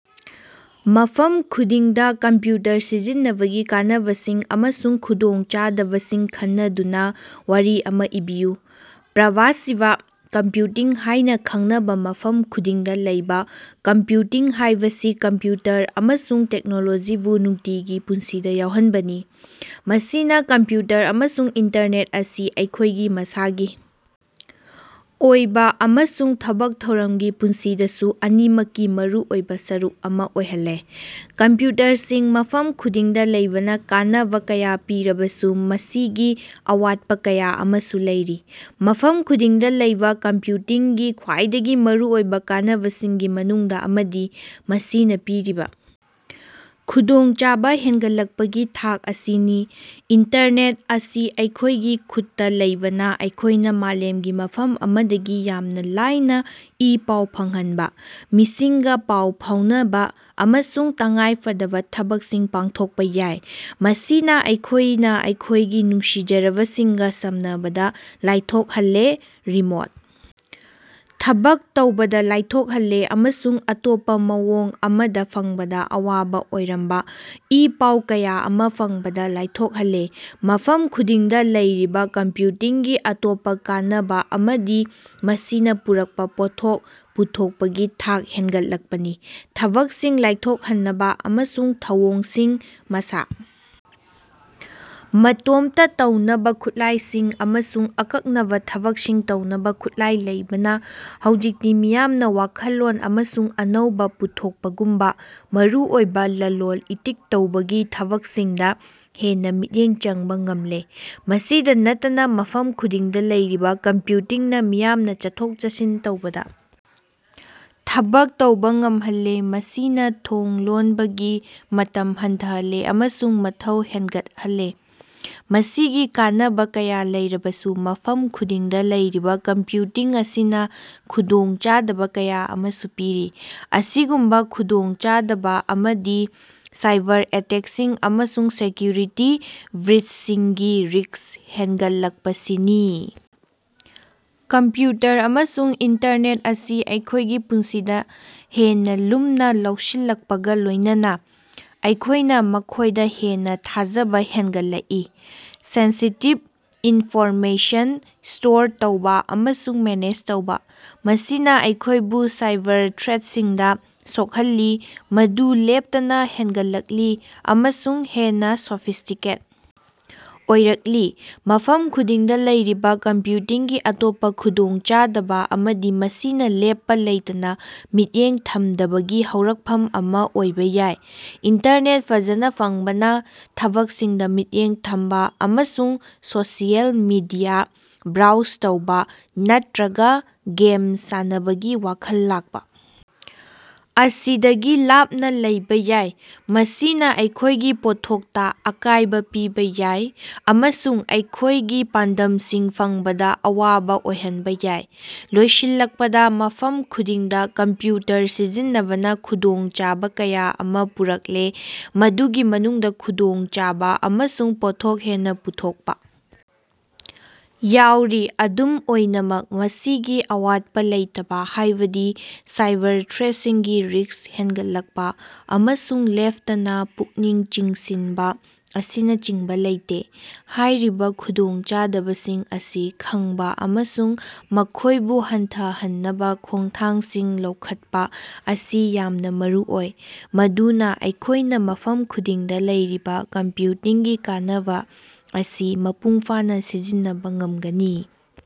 ꯃꯐꯝ ꯈꯨꯗꯤꯡꯗ ꯀꯝꯄ꯭ꯌꯨꯇꯔ ꯁꯤꯖꯤꯟꯅꯕꯒꯤ ꯀꯥꯟꯅꯕꯁꯤꯡ ꯑꯃꯁꯨꯡ ꯈꯨꯗꯣꯡꯆꯥꯗꯕꯁꯤꯡ ꯈꯟꯅꯗꯨꯅ ꯋꯥꯔꯤ ꯑꯃ ꯏꯕꯤꯌꯨ꯫ ꯄꯔꯚꯥꯁꯤꯚ ꯀꯝꯄ꯭ꯌꯨꯇꯤꯡ ꯍꯥꯏꯅ ꯈꯪꯅꯕ ꯃꯐꯝ ꯈꯨꯗꯤꯡꯗ ꯂꯩꯕ ꯀꯝꯄ꯭ꯌꯨꯇꯤꯡ ꯍꯥꯏꯕꯁꯤ ꯀꯝꯄ꯭ꯌꯨꯇꯔ ꯑꯃꯁꯨꯡ ꯇꯦꯛꯅꯣꯂꯣꯖꯤꯕꯨ ꯅꯨꯡꯇꯤꯒꯤ ꯄꯨꯟꯁꯤꯗ ꯌꯥꯎꯍꯟꯕꯅꯤ꯫ ꯃꯁꯤꯅ ꯀꯝꯄ꯭ꯌꯨꯇꯔ ꯑꯃꯁꯨꯡ ꯏꯟꯇꯔꯅꯦꯠ ꯑꯁꯤ ꯑꯩꯈꯣꯏꯒꯤ ꯃꯁꯥꯒꯤ ꯑꯣꯏꯕ ꯑꯃꯁꯨꯡ ꯊꯕꯛ ꯊꯧꯔꯝꯒꯤ ꯄꯨꯟꯁꯤꯗꯁꯨ ꯑꯅꯤꯃꯛꯀꯤ ꯃꯔꯨꯑꯣꯏꯕ ꯁꯔꯨꯛ ꯑꯃ ꯑꯣꯏꯍꯜꯂꯦ꯫ ꯀꯝꯄ꯭ꯌꯨꯇꯔꯁꯤꯡ ꯃꯐꯝ ꯈꯨꯗꯤꯡꯗ ꯂꯩꯕꯅ ꯀꯥꯟꯅꯕ ꯀꯌꯥ ꯄꯤꯔꯕꯁꯨ ꯃꯁꯤꯒꯤ ꯑꯋꯥꯠꯄ ꯀꯌꯥ ꯑꯃꯁꯨ ꯂꯩꯔꯤ꯫ ꯃꯐꯝ ꯈꯨꯗꯤꯡꯗ ꯂꯩꯕ ꯀꯝꯄ꯭ꯌꯨꯇꯤꯡꯒꯤ ꯈ꯭ꯋꯥꯏꯗꯒꯤ ꯃꯔꯨꯑꯣꯏꯕ ꯀꯥꯟꯅꯕꯁꯤꯡꯒꯤ ꯃꯅꯨꯡꯗ ꯑꯃꯗꯤ ꯃꯁꯤꯅ ꯄꯤꯔꯤꯕ ꯈꯨꯗꯣꯡꯆꯥꯕ ꯍꯦꯟꯒꯠꯂꯛꯄꯒꯤ ꯊꯥꯛ ꯑꯁꯤꯅꯤ꯫ ꯏꯟꯇꯔꯅꯦꯠ ꯑꯁꯤ ꯑꯩꯈꯣꯏꯒꯤ ꯈꯨꯠꯇ ꯂꯩꯕꯅ ꯑꯩꯈꯣꯏꯅ ꯃꯥꯂꯦꯝꯒꯤ ꯃꯐꯝ ꯑꯃꯗꯒꯤ ꯌꯥꯝꯅ ꯂꯥꯏꯅ ꯏ-ꯄꯥꯎ ꯐꯪꯍꯟꯕ, ꯃꯤꯁꯤꯡꯒ ꯄꯥꯎ ꯐꯥꯎꯅꯕ ꯑꯃꯁꯨꯡ ꯇꯉꯥꯏ ꯐꯗꯕ ꯊꯕꯛꯁꯤꯡ ꯄꯥꯡꯊꯣꯛꯄ ꯌꯥꯏ꯫ ꯃꯁꯤꯅ ꯑꯩꯈꯣꯏꯅ ꯑꯩꯈꯣꯏꯒꯤ ꯅꯨꯡꯁꯤꯖꯔꯕꯁꯤꯡꯒ ꯁꯝꯅꯕꯗ ꯂꯥꯏꯊꯣꯛꯍꯜꯂꯦ, ꯔꯤꯃꯣꯠ ꯊꯕꯛ ꯇꯧꯕꯗ ꯂꯥꯏꯊꯣꯛꯍꯜꯂꯦ ꯑꯃꯁꯨꯡ ꯑꯇꯣꯞꯄ ꯃꯑꯣꯡ ꯑꯃꯗ ꯐꯪꯕꯗ ꯑꯋꯥꯕ ꯑꯣꯏꯔꯝꯕ ꯏ-ꯄꯥꯎ ꯀꯌꯥ ꯑꯃ ꯐꯪꯕꯗ ꯂꯥꯏꯊꯣꯛꯍꯜꯂꯦ꯫ ꯃꯐꯝ ꯈꯨꯗꯤꯡꯗ ꯂꯩꯔꯤꯕ ꯀꯝꯄ꯭ꯌꯨꯇꯤꯡꯒꯤ ꯑꯇꯣꯞꯄ ꯀꯥꯟꯅꯕ ꯑꯃꯗꯤ ꯃꯁꯤꯅ ꯄꯨꯔꯛꯄ ꯄꯣꯠꯊꯣꯛ ꯄꯨꯊꯣꯛꯄꯒꯤ ꯊꯥꯛ ꯍꯦꯟꯒꯠꯂꯛꯄꯅꯤ꯫ ꯊꯕꯛꯁꯤꯡ ꯂꯥꯏꯊꯣꯛꯍꯟꯅꯕ ꯑꯃꯁꯨꯡ ꯊꯧꯑꯣꯡꯁꯤꯡ ꯃꯁꯥ ꯃꯇꯣꯝꯇ ꯇꯧꯅꯕ ꯈꯨꯠꯂꯥꯏꯁꯤꯡ ꯑꯃꯁꯨꯡ ꯑꯀꯛꯅꯕ ꯊꯕꯛꯁꯤꯡ ꯇꯧꯅꯕ ꯈꯨꯠꯂꯥꯏ ꯂꯩꯕꯅ ꯍꯧꯖꯤꯛꯇꯤ ꯃꯤꯌꯥꯝꯅ ꯋꯥꯈꯜꯂꯣꯟ ꯑꯃꯁꯨꯡ ꯑꯅꯧꯕ ꯄꯨꯊꯣꯛꯄꯒꯨꯝꯕ ꯃꯔꯨꯑꯣꯏꯕ ꯂꯂꯣꯜ ꯏꯇꯤꯛ ꯇꯧꯕꯒꯤ ꯊꯕꯛꯁꯤꯡꯗ ꯍꯦꯟꯅ ꯃꯤꯠꯌꯦꯡ ꯆꯪꯕ ꯉꯝꯂꯦ꯫ ꯃꯁꯤꯗ ꯅꯠꯇꯅ ꯃꯐꯝ ꯈꯨꯗꯤꯡꯗ ꯂꯩꯔꯤꯕ ꯀꯝꯄ꯭ꯌꯨꯇꯤꯡꯅ ꯃꯤꯌꯥꯝꯅ ꯆꯠꯊꯣꯛ-ꯆꯠꯁꯤꯟ ꯇꯧꯕꯗ ꯊꯕꯛ ꯇꯧꯕ ꯉꯝꯍꯜꯂꯦ, ꯃꯁꯤꯅ ꯊꯣꯡ ꯂꯣꯟꯕꯒꯤ ꯃꯇꯝ ꯍꯟꯊꯍꯜꯂꯦ ꯑꯃꯁꯨꯡ ꯃꯊꯧ ꯍꯦꯟꯒꯠꯍꯜꯂꯦ꯫ ꯃꯁꯤꯒꯤ ꯀꯥꯟꯅꯕ ꯀꯌꯥ ꯂꯩꯔꯕꯁꯨ, ꯃꯐꯝ ꯈꯨꯗꯤꯡꯗ ꯂꯩꯔꯤꯕ ꯀꯝꯄ꯭ꯌꯨꯇꯤꯡ ꯑꯁꯤꯅ ꯈꯨꯗꯣꯡꯆꯥꯗꯕ ꯀꯌꯥ ꯑꯃꯁꯨ ꯄꯤꯔꯤ꯫ ꯑꯁꯤꯒꯨꯝꯕ ꯈꯨꯗꯣꯡꯆꯥꯗꯕ ꯑꯃꯗꯤ ꯁꯥꯏꯕꯔ-ꯑꯦꯇꯦꯛꯁꯤꯡ ꯑꯃꯁꯨꯡ ꯁꯦꯀ꯭ꯌꯨꯔꯤꯇꯤ ꯕ꯭ꯔꯤꯆꯁꯤꯡꯒꯤ ꯔꯤꯛꯁ ꯍꯦꯟꯒꯠꯂꯛꯄꯁꯤꯅꯤ꯫ ꯀꯝꯄ꯭ꯌꯨꯇꯔ ꯑꯃꯁꯨꯡ ꯏꯟꯇꯔꯅꯦꯠ ꯑꯁꯤ ꯑꯩꯈꯣꯏꯒꯤ ꯄꯨꯟꯁꯤꯗ ꯍꯦꯟꯅ ꯂꯨꯝꯅ ꯂꯧꯁꯤꯜꯂꯛꯄꯒ ꯂꯣꯏꯅꯅ, ꯑꯩꯈꯣꯏꯅ ꯃꯈꯣꯏꯗ ꯍꯦꯟꯅ ꯊꯥꯖꯕ ꯍꯦꯟꯒꯠꯂꯛꯏ, ꯁꯦꯟꯁꯤꯇꯤꯚ ꯏꯟꯐꯣꯔꯃꯦꯁꯟ ꯁ꯭ꯇꯣꯔ ꯇꯧꯕ ꯑꯃꯁꯨꯡ ꯃꯦꯅꯦꯖ ꯇꯧꯕ꯫ ꯃꯁꯤꯅ ꯑꯩꯈꯣꯏꯕꯨ ꯁꯥꯏꯕꯔ ꯊ꯭ꯔꯦꯠꯁꯤꯡꯗ ꯁꯣꯛꯍꯜꯂꯤ, ꯃꯗꯨ ꯂꯦꯞꯇꯅ ꯍꯦꯟꯒꯠꯂꯛꯂꯤ ꯑꯃꯁꯨꯡ ꯍꯦꯟꯅ ꯁꯣꯐꯤꯁꯇꯤꯀꯦꯠ ꯑꯣꯏꯔꯛꯂꯤ꯫ ꯃꯐꯝ ꯈꯨꯗꯤꯡꯗ ꯂꯩꯔꯤꯕ ꯀꯝꯄ꯭ꯌꯨꯇꯤꯡꯒꯤ ꯑꯇꯣꯞꯄ ꯈꯨꯗꯣꯡꯆꯥꯗꯕ ꯑꯃꯗꯤ ꯃꯁꯤꯅ ꯂꯦꯞꯄ ꯂꯩꯇꯅ ꯃꯤꯠꯌꯦꯡ ꯊꯝꯗꯕꯒꯤ ꯍꯧꯔꯛꯐꯝ ꯑꯃ ꯑꯣꯏꯕ ꯌꯥꯏ꯫ ꯏꯟꯇꯔꯅꯦꯠ ꯐꯖꯅ ꯐꯪꯕꯅ ꯊꯕꯛꯁꯤꯡꯗ ꯃꯤꯠꯌꯦꯡ ꯊꯝꯕ ꯑꯃꯁꯨꯡ ꯁꯣꯁꯤꯌꯦꯜ ꯃꯤꯗꯤꯌꯥ ꯕ꯭ꯔꯥꯎꯖ ꯇꯧꯕ ꯅꯠꯇ꯭ꯔꯒ ꯒꯦꯝ ꯁꯥꯟꯅꯕꯒꯤ ꯋꯥꯈꯜ ꯂꯥꯛꯄ ꯑꯁꯤꯗꯒꯤ ꯂꯥꯞꯅ ꯂꯩꯕ ꯌꯥꯏ꯫ ꯃꯁꯤꯅ ꯑꯩꯈꯣꯏꯒꯤ ꯄꯣꯠꯊꯣꯛꯇ ꯑꯀꯥꯏꯕ ꯄꯤꯕ ꯌꯥꯏ, ꯑꯃꯁꯨꯡ ꯑꯩꯈꯣꯏꯒꯤ ꯄꯥꯟꯗꯝꯁꯤꯡ ꯐꯪꯕꯗ ꯑꯋꯥꯕ ꯑꯣꯏꯍꯟꯕ ꯌꯥꯏ꯫ ꯂꯣꯏꯁꯤꯜꯂꯛꯄꯗ, ꯃꯐꯝ ꯈꯨꯗꯤꯡꯗ ꯀꯝꯄ꯭ꯌꯨꯇꯔ ꯁꯤꯖꯤꯟꯅꯕꯅ ꯈꯨꯗꯣꯡꯆꯥꯕ ꯀꯌꯥ ꯑꯃ ꯄꯨꯔꯛꯂꯦ, ꯃꯗꯨꯒꯤ ꯃꯅꯨꯡꯗ ꯈꯨꯗꯣꯡꯆꯥꯕ ꯑꯃꯁꯨꯡ ꯄꯣꯠꯊꯣꯛ ꯍꯦꯟꯅ ꯄꯨꯊꯣꯛꯄ ꯌꯥꯎꯔꯤ꯫ ꯑꯗꯨꯝ ꯑꯣꯏꯅꯃꯛ, ꯃꯁꯤꯒꯤ ꯑꯋꯥꯠꯄ ꯂꯩꯇꯕ, ꯍꯥꯏꯕꯗꯤ ꯁꯥꯏꯕꯔ ꯊ꯭ꯔꯦꯠꯁꯤꯡꯒꯤ ꯔꯤꯛꯁ ꯍꯦꯟꯒꯠꯂꯛꯄ ꯑꯃꯁꯨꯡ ꯂꯦꯞꯇꯅ ꯄꯨꯛꯅꯤꯡ ꯆꯤꯡꯁꯤꯟꯕ ꯑꯁꯤꯅꯆꯤꯡꯕ ꯂꯩꯇꯦ꯫ ꯍꯥꯏꯔꯤꯕ ꯈꯨꯗꯣꯡꯆꯥꯗꯕꯁꯤꯡ ꯑꯁꯤ ꯈꯪꯕ ꯑꯃꯁꯨꯡ ꯃꯈꯣꯏꯕꯨ ꯍꯟꯊꯍꯟꯅꯕ ꯈꯣꯡꯊꯥꯡꯁꯤꯡ ꯂꯧꯈꯠꯄ ꯑꯁꯤ ꯌꯥꯝꯅ ꯃꯔꯨꯑꯣꯏ, ꯃꯗꯨꯅ ꯑꯩꯈꯣꯏꯅ ꯃꯐꯝ ꯈꯨꯗꯤꯡꯗ ꯂꯩꯔꯤꯕ ꯀꯝꯄ꯭ꯌꯨꯇꯤꯡꯒꯤ ꯀꯥꯟꯅꯕ ꯑꯁꯤ ꯃꯄꯨꯡ ꯐꯥꯅ ꯁꯤꯖꯤꯟꯅꯕ ꯉꯝꯒꯅꯤ꯫